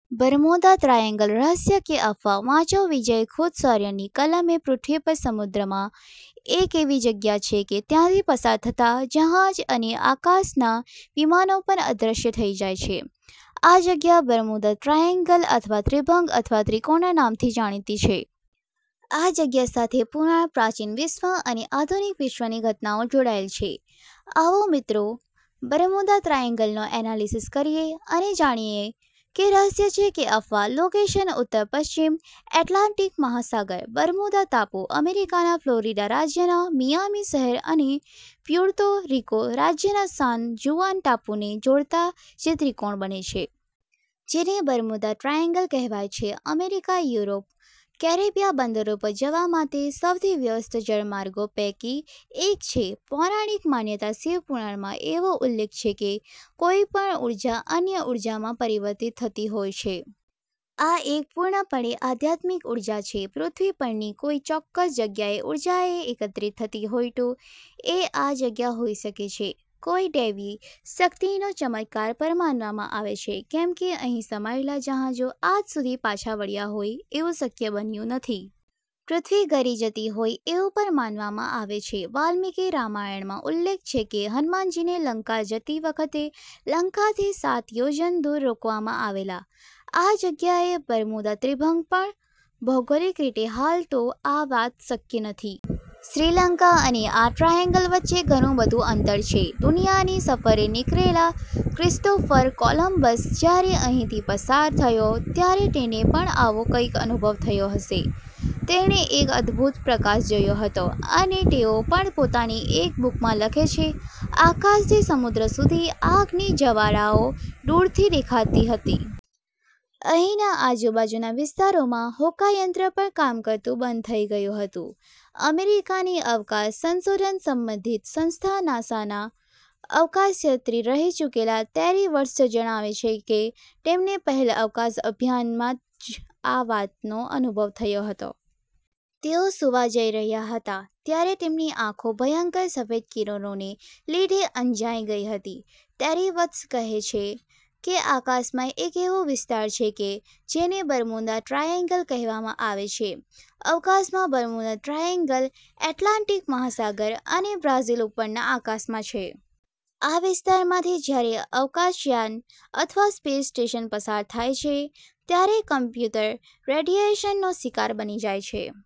Bermuda triangle રહસ્ય કે અફવા? વાંચો વિજય ખૂંટ "શોર્ય" ની કલમે પૃથ્વી પર સમુદ્રમાં એક એવી જગ્યા છે કે ત્યાથી પસાર થતા જહાજ અને આકાશના વિમાનો પણ અદ્રશ્ય થઇ જાય છે. આ જગ્યા બર્મુડા ટ્રાયેન્ગલ અથવા ત્રિભંગ અથવા ત્રિકોણના નામથી જાણીતી છે. આ જગ્યા સાથે પુરાણ, પ્રાચીન વિશ્વ અને આધુનીક વિશ્વની ઘટનાઓ જોડાયેલ છે. આવો મિત્રો બર્મુડા ટ્રાયેન્ગલનો એનાલીસીસ કરીએ અને જાણીએ કે રહસ્ય છે કે અફવા .લોકેશન ઉત્તર પશ્ચિમ એટલાન્ટીક મહાસાગર બર્મુડા ટાપુ, અમેરીકાના ફ્લોરિડા રાજ્યના મિયામી શહેર અને પ્યુર્ટો રીકો રાજ્યના સાન જુઆન ટાપૂ ને જોડતા જે ત્રીકોણ બને છે. જેને બર્મુડા ટ્રાએન્ગલ કહેવાય છે. અમેરીકા, યુરોપ, કેરેબિયા બંદરો પર જવા માટે સૌથી વ્યસ્ત જળમાર્ગો પેકી એક છે. પૌરાણીક માન્યતા શિવપુરાણમાં એવો ઉલ્લેખ છે કે કોઇ પણ ઉર્જા અન્ય ઉર્જામાં પરિવર્તિત થતી હોય છે. આ એક પુર્ણપણે આધ્યાત્મિક ઉર્જા છે. પૃથ્વી પરની કોઇ ચોક્કસ જગ્યાએ ઉર્જાએ એકત્રિત થતી હોય તો, એ આ જગ્યા હોઇ શકે છે. કોઇ દૈવી શક્તિનો ચમત્કાર પણ માનવામાં આવે છે કેમ કે અહિ સમાયેલા જહાજો આજ સુધી પાછા વળ્યાહોય એવુ શક્ય બન્યુ નથી. પૃથ્વી ગળી જતી હોય એવુ પણ માનવામાં આવે છે. વાલ્મીકી રામાયણમાં ઉલ્લેખ છે કે હનુમાનજીને લંકા જતી વખતે લંકાથી સાત યોજન દુર રોકવામાં આવેલા આ જગ્યાએ બર્મુડા ત્રિભંગ ,પણ ભૌગોલીક રીતે હાલ તો આ વાત શક્ય નથી. શ્રીલંકા અને આ ટ્રાયેન્ગલ વચ્ચે ઘણુ બધુ અંતર છે. દુનિયાની સફરે નિકળેલા ક્રિસ્ટોફર કોલંબસ જ્યારે અહિથી પસાર થયો ત્યારે તેને પણ આવો કઈક અનુભવ થયો હશે. તેણે એક અદ્રભુત પ્રકાશ જોયો હતો અને તેઓ પણ પોતાની એક બુકમાં લખે છે આકાશ થી સમુદ્ર સુધી આગની જવાળાઓ દુરથી દેખાતી હતી. અહિના આજુબાજુના વિસ્તારોમાં હોકાયંત્ર પણ કામ કરતુ બંધ થઇ ગયુ હતુ. અમેરીકાની અવકાશ સંશોધન સંબંધિત સંસ્થા નાસાના અવકાશયાત્રી રહિ ચુકેલા ટેરી વર્ટસ જણાવે છે કે તેમને પહેલ અવકાશ અભિયાનમાં જ આ વાતનો અનુભવ થયો હતો. તેઓ સુવા જઈ રહ્યા હતા. ત્યારે તેમની આંખો ભયંકર સફેદ કિરણોને લીધે અંજાઇ ગઇ હતી. ટેરી વર્ટસ કહે છે કે આકાશમાં એક એવો વિસ્તાર છે કે, જેને બર્મુડા ટ્રાઇએન્ગલ કહેવામાં આવે છે. અવકાશમાં બર્મુડા ટ્રાઇએન્ગલ એટલાન્ટિક મહાસાગર અને બ્રાઝીલ ઉપરના આકાશમાં છે. આ વિસ્તારમાંથી જ્યારે અવકાશયાન અથવા સ્પેશ સ્ટેશન પસાર થાય છે. ત્યારે કમ્પ્યુટર રેડિએશનનો શિકાર બની જાય છે.